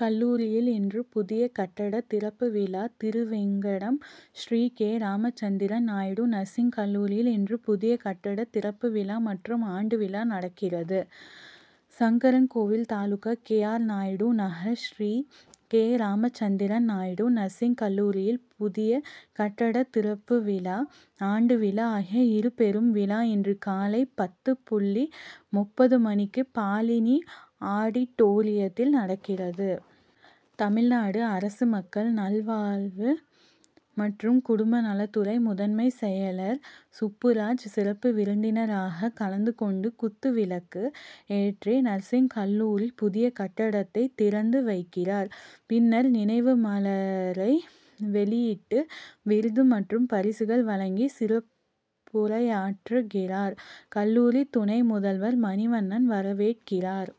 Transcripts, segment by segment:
கல்லூரியில்இன்று புதிய கட்டட திறப்பு விழா திருவேங்கடம் ஸ்ரீ. கே. ராமச்சந்திரன் நாயுடு நர்சிங் கல்லூரியில் இன்று புதிய கட்டட திறப்பு விழா மற்றும் ஆண்டு விழா நடக்கிறது. Sankarankovil taluka K. R. Naidu Nagar Sri. K. Ramachandran Naidu nursing கல்லூரியில் புதிய கட்டட திறப்பு விழா, ஆண்டு விழா ஆகிய இருபெரும் விழா இன்று காலை பத்து புள்ளி முப்பது மணிக்கு பாலினி ஆடிட்டோரியத்தில் நடக்கிறது. தமிழ்நாடு அரசு மக்கள் நல்வாழ்வு மற்றும் குடும்ப நலத்துறை முதன்மை செயலர் சுப்புராஜ் சிறப்பு விருந்தினராக கலந்து கொண்டு குத்துவிளக்கு ஏற்றி, நர்சிங் கல்லூரி புதிய கட்டடத்தை திறந்து வைக்கிறார். பின்னர் நினைவு மலரை வெளியிட்டு விருது மற்றும் பரிசுகள் வழங்கி சிறப்புரையாற்றுகிறார். கல்லூரி துணை முதல்வர் மணிவண்ணன் வரவேற்கிறார்.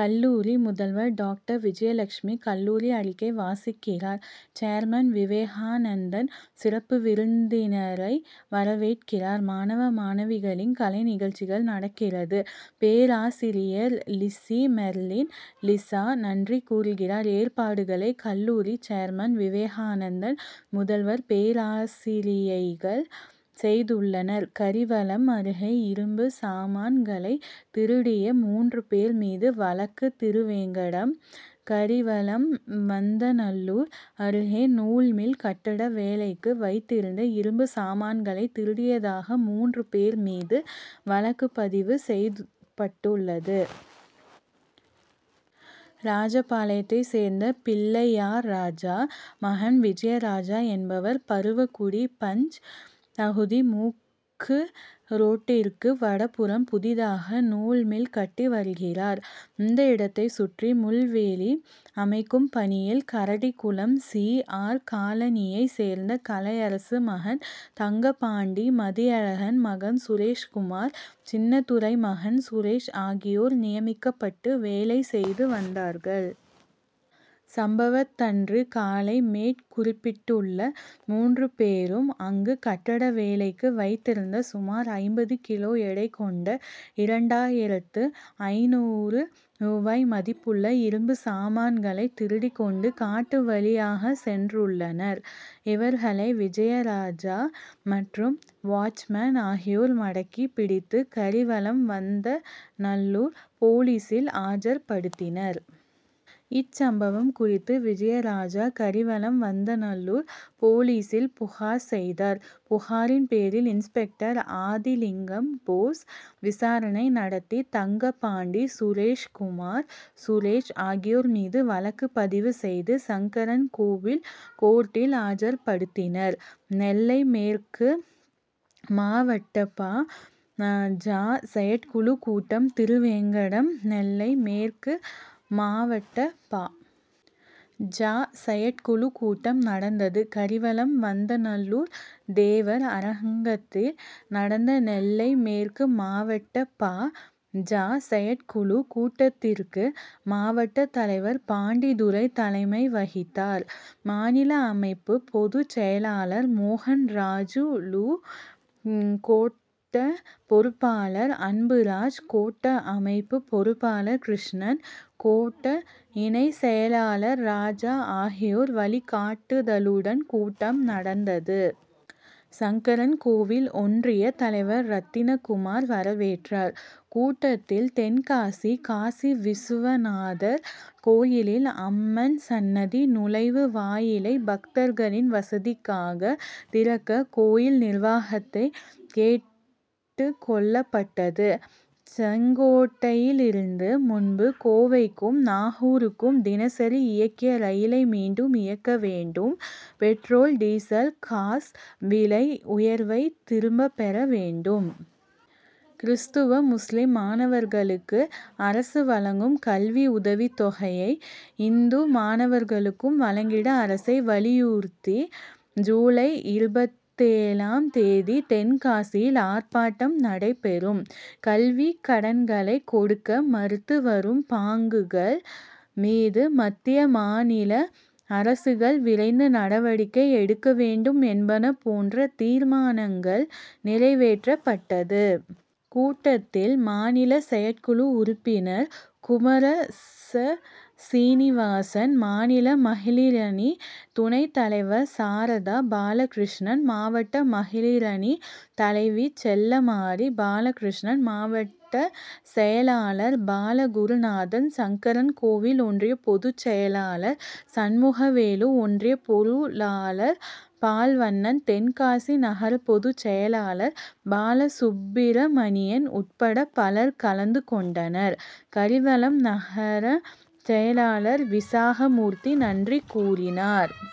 கல்லூரி முதல்வர் டாக்டர் விஜயலட்சுமி கல்லூரி அறிக்கை வாசிக்கிறார். சேர்மன் விவேகானந்தன் சிறப்பு விருந்தினரை வரவேற்கிறார். மாணவ, மாணவிகளின் கலை நிகழ்ச்சிகள் நடக்கிறது. பேராசிரியை லிசிமெர்லின் லிசா நன்றி கூறுகிறார். ஏற்பாடுகளை கல்லூரி சேர்மன் விவேகானந்தன், முதல்வர், பேராசிரியைகள் செய்துள்ளனர். கரிவலம் அருகே இரும்பு சாமான்களைதிருடிய மூன்று பேர் மீது வழக்கு திருவேங்கடம் கரிவலம்வந்தநல்லூர் அருகே நூல் மில் கட்டட வேலைக்கு வைத்திருந்த இரும்பு சாமான்களை திருடியதாக மூன்று பேர் மீது வழக்குபதிவு செய்யப்பட்டுள்ளது. ராஜபாளையத்தை சேர்ந்த பிள்ளையார்ராஜா மகன் விஜயராஜா என்பவர் பருவக்குடி பஞ்., பகுதி முக்கு ரோட்டிற்கு வடபுறம் புதிதாக நூல் மில் கட்டி வருகிறார். இந்த இடத்தை சுற்றி முள்வேலி அமைக்கும் பணியில் கரடிகுளம் சி. ஆர். காலனியை சேர்ந்த கலையரசு மகன் தங்கப்பாண்டி, மதியழகன் மகன் சுரேஷ்குமார், சின்னத்துரை மகன் சுரேஷ் ஆகியோர் நியமிக்கப்பட்டு வேலை செய்து வந்தார்கள். சம்பவத்தன்று காலை மேற்குறிப்பிட்டுள்ள மூன்று பேரும் அங்கு கட்டட வேலைக்கு வைத்திருந்த சுமார் ஐம்பது கிலோ எடை கொண்ட இரண்டாயிரத்து ஐந்நூறு ரூபாய் மதிப்புள்ள இரும்பு சாமான்களை திருடிக் கொண்டு காட்டு வழியாக சென்றுள்ளனர். இவர்களை விஜயராஜா மற்றும் வாட்ச்மேன் ஆகியோர் மடக்கி பிடித்து கரிவலம்வந்தநல்லூர் போலீசில் ஆஜர்படுத்தினர். இச்சம்பவம் குறித்து விஜயராஜா கரிவலம்வந்தநல்லூர் போலீசில் புகார் செய்தார். புகாரின் பேரில் இன்ஸ்பெக்டர் ஆதிலிங்கம்போஸ் விசாரணை நடத்தி தங்கப்பாண்டி, சுரேஷ்குமார், சுரேஷ் ஆகியோர் மீது வழக்கு பதிவு செய்து சங்கரன்கோவில் கோர்ட்டில் ஆஜர்படுத்தினார். நெல்லை மேற்கு மாவட்டபா. ஜ.,செயற்குழு கூட்டம் திருவேங்கடம் நெல்லை மேற்கு மாவட்ட பா. ஜ.,செயற்குழு கூட்டம் நடந்தது. கரிவலம்வந்தநல்லூர் தேவர் அரங்கத்தில் நடந்த நெல்லை மேற்கு மாவட்ட பா. ஜ.,செயற்குழு கூட்டத்திற்கு மாவட்ட தலைவர் பாண்டித்துரை தலைமை வகித்தார். மாநில அமைப்பு பொது செயலாளர் மோகன்ராஜூலு, கோட்ட பொறுப்பாளர் அன்புராஜ், கோட்ட அமைப்பு பொறுப்பாளர் கிருஷ்ணன், கோட்ட இணை செயலாளர் ராஜா ஆகியோர் வழிகாட்டுதலுடன் கூட்டம் நடந்தது. சங்கரன்கோவில் ஒன்றிய தலைவர் ரத்தினகுமார் வரவேற்றார். கூட்டத்தில், தென்காசி காசிவிசுவநாதர் கோயிலில் அம்மன் சன்னதி நுழைவுவாயிலை பக்தர்களின் வசதிக்காக திறக்க கோயில் நிர்வாகத்தை கேட்டுக் கொள்ளப்பட்டது. செங்கோட்டையிலிருந்து முன்பு கோவைக்கும், நாகூருக்கும் தினசரி இயக்கிய ரயிலை மீண்டும் இயக்க வேண்டும். பெட்ரோல், டீசல், காஸ் விலை உயர்வை திரும்ப பெற வேண்டும். கிறிஸ்தவ, முஸ்லிம் மாணவர்களுக்கு அரசு வழங்கும் கல்வி உதவித் தொகையை இந்து மாணவர்களுக்கும் வழங்கிட அரசை வலியுறுத்தி ஜூலை இருபத்தேழாம் தேதி தென்காசியில் ஆர்ப்பாட்டம் நடைபெறும். கல்விக் கடன்களை கொடுக்க மறுத்து வரும் பாங்குகள் மீது மத்திய, மாநில அரசுகள் விரைந்து நடவடிக்கை எடுக்க வேண்டும் என்பன போன்ற தீர்மானங்கள் நிறைவேற்றப்பட்டது. கூட்டத்தில் மாநில செயற்குழு உறுப்பினர் குமரேசசீனிவாசன், மாநில மகளிரணி துணைத் தலைவர் சாரதா பாலகிருஷ்ணன், மாவட்ட மகளிரணி தலைவி செல்லமாரி, பாலகிருஷ்ணன், மாவட்ட செயலாளர் பாலகுருநாதன், சங்கரன்கோவில் ஒன்றிய பொது செயலாளர் சண்முகவேலு, ஒன்றிய பொருளாளர் பால்வண்ணன், தென்காசி நகர பொது செயலாளர் பாலசுப்பிரமணியன் உட்பட பலர் கலந்து கொண்டனர். கரிவலம் நகர செயலாளர் விசாகமூர்த்தி நன்றி கூறினார்.